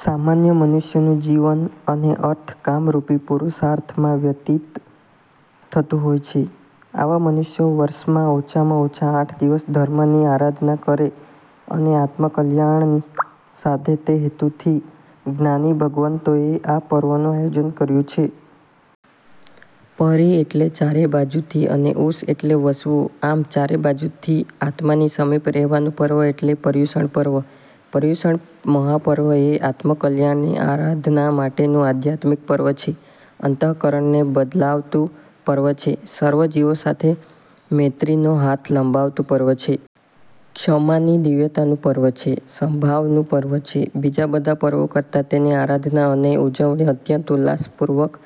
સામાન્ય મનુષ્યનું જીવન અને અર્થ કામરૂપી પુરુષાર્થમાં વ્યતીત થતું હોય છે. આવા મનુષ્યો વર્ષમાં ઓછામાં ઓછા આઠ દિવસ ધર્મની આરાધના કરે અને આત્મકલ્યાણ સાધે તે હેતુથી જ્ઞાની ભગવંતોએ આ પર્વનું આયોજન કર્યું છે. 'પરિ' એટલે ચારે બાજુથી અને 'ઉષ' એટલે વસવું આમ ચારે બાજુથી આત્માની સમીપ રહેવાનું પર્વ એટલે પર્યુષણ પર્વ. પર્યુષણ મહાપર્વ એ આત્મકલ્યાણની આરાધના માટેનું આધ્યાત્મિક પર્વ છે. અંત:કરણને બદલાવતું પર્વ છે. સર્વ જીવો સાથે મૈત્રીનો હાથ લંબાવતું પર્વ છે. ક્ષમાની દિવ્યતાનું પર્વ છે. સમભાવનું પર્વ છે. બીજાં બધાં પર્વો કરતાં તેની આરાધના અને ઉજવણી અત્યંત ઉલ્લાસપૂર્વક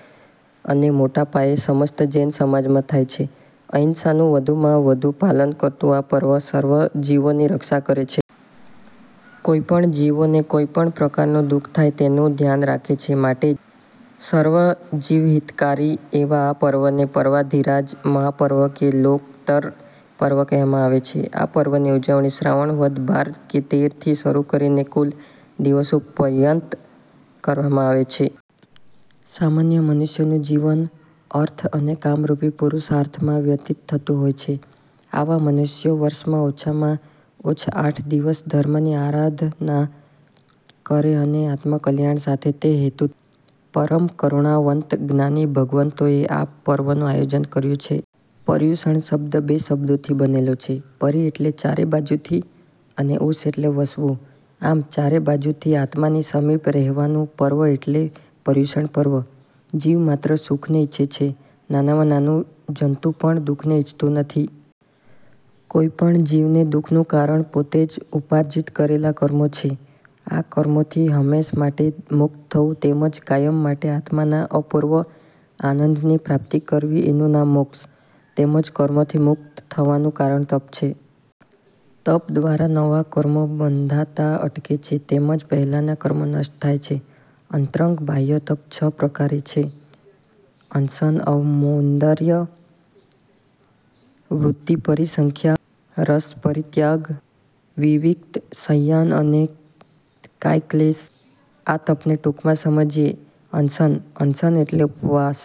અને મોટા પાયે સમસ્ત જૈન સમાજમાં થાય છે. અહિંસાનું વધુમાં વધુ પાલન કરતું આ પર્વ સર્વ જીવોની રક્ષા કરે છે. કોઇ પણ જીવોને કોઇ પણ પ્રકારનું દુ:ખ થાય તેનું ધ્યાન રાખે છે માટે જ સર્વજીવહિતકારી એવા આ પર્વને પર્વાધિરાજ મહાપર્વ કે લોકત્તર પર્વ કહેવામાં આવે છે. આ પર્વની ઉજવણી શ્રાવણ વદ બાર કે તેર થી શરૂ કરીને કુલ દિવસો પર્યંત કરવામાં આવે છે. સામાન્ય મનુષ્યનું જીવન અર્થ અને કામરૂપી પુરુષાર્થમાં વ્યતીત થતું હોય છે. આવા મનુષ્યો વર્ષમાં ઓછામાં ઓછ આઠ દિવસ ધર્મની આરાધના કરે અને આત્મકલ્યાણ સાથે તે હેતુતી પરમ કરુણાવંત જ્ઞાની ભગવંતોએ આ પર્વનું આયોજન કર્યું છે. પર્યુષણ શબ્દ બે શબ્દોથી બનેલો છે. પરિ એટલે ચારે બાજુથી અને ઉષ એટલે વસવું. આમ ચારે બાજુથી આત્માની સમીપ રહેવાનું પર્વ એટલે પર્યુષણ પર્વ. જીવ માત્ર સુખને ઇચ્છે છે, નાનામાં નાનું જંતુ પણ દુ:ખને ઇચ્છતું નથી. કોઇ પણ જીવને દુ:ખનું કારણ પોતે જ ઉપાર્જિત કરેલાં કર્મો છે. આ કર્મોથી હંમેશ માટે મુક્ત થવું તેમજ કાયમ માટે આત્માના અપૂર્વ આનંદની પ્રાપ્તિ કરવી એનું નામ મોક્ષ. તેમજ કર્મોથી મુક્ત થવાનું કારણ તપ છે. તપ દ્વારા નવાં કર્મો બંધાતાં અટકે છે. તેમજ પહેલાંનાં કર્મો નષ્ટ થાય છે. અંતરંગ બાહ્યતપ છ પ્રકારે છે. અનશન અવમૌદર્ય, વૃત્તિપરિસંખ્યા, રસપરિત્યાગ, વિવિક્ત શય્યાસન અને કાયક્લેશ. આ તપને ટૂંકમાં સમજીએ. અનશન: અનશન એટલે ઉપવાસ.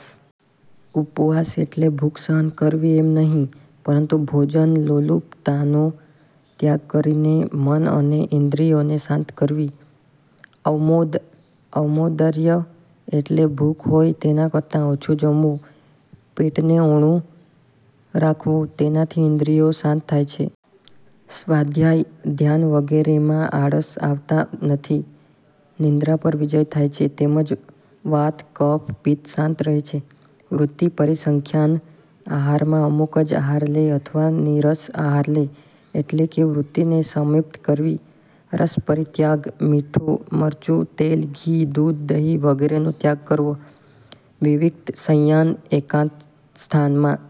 ઉપવાસ એટલે ભૂખ સહન કરવી એમ નહીં પરંતુ ભોજન લોલુપતાનો ત્યાગ કરીને મન અને ઇન્દ્રિઓને શાંત કરવી. અવમૌદઃ અવમૌદર્ય એટલે ભૂખ હોય તેના કરતાં ઓછું જમવું, પેટને ઊણું રાખવું. તેનાથી ઇન્દ્રિયો શાંત થાય છે. સ્વાધ્યાય-ધ્યાન વગેરેમાં આળસ આવતાં નથી. નિદ્રા પર વિજય થાય છે તેમજ વાત-કફ-પિત્ત શાંત રહે છે. વૃત્તિ પરિસંખ્યાનઃ આહારમાં અમુક જ આહાર લે અથવા નીરસ આહાર લે. એટલે કે વૃત્તિને સંમિપ્ત કરવી. રસપરિત્યાગઃ મીઠું, મરચું, તેલ, ઘી, દૂધ, દહીં વગેરેનો ત્યાગ કરવો. વિવિક્ત શય્યાસન: એકાંત સ્થાનમાં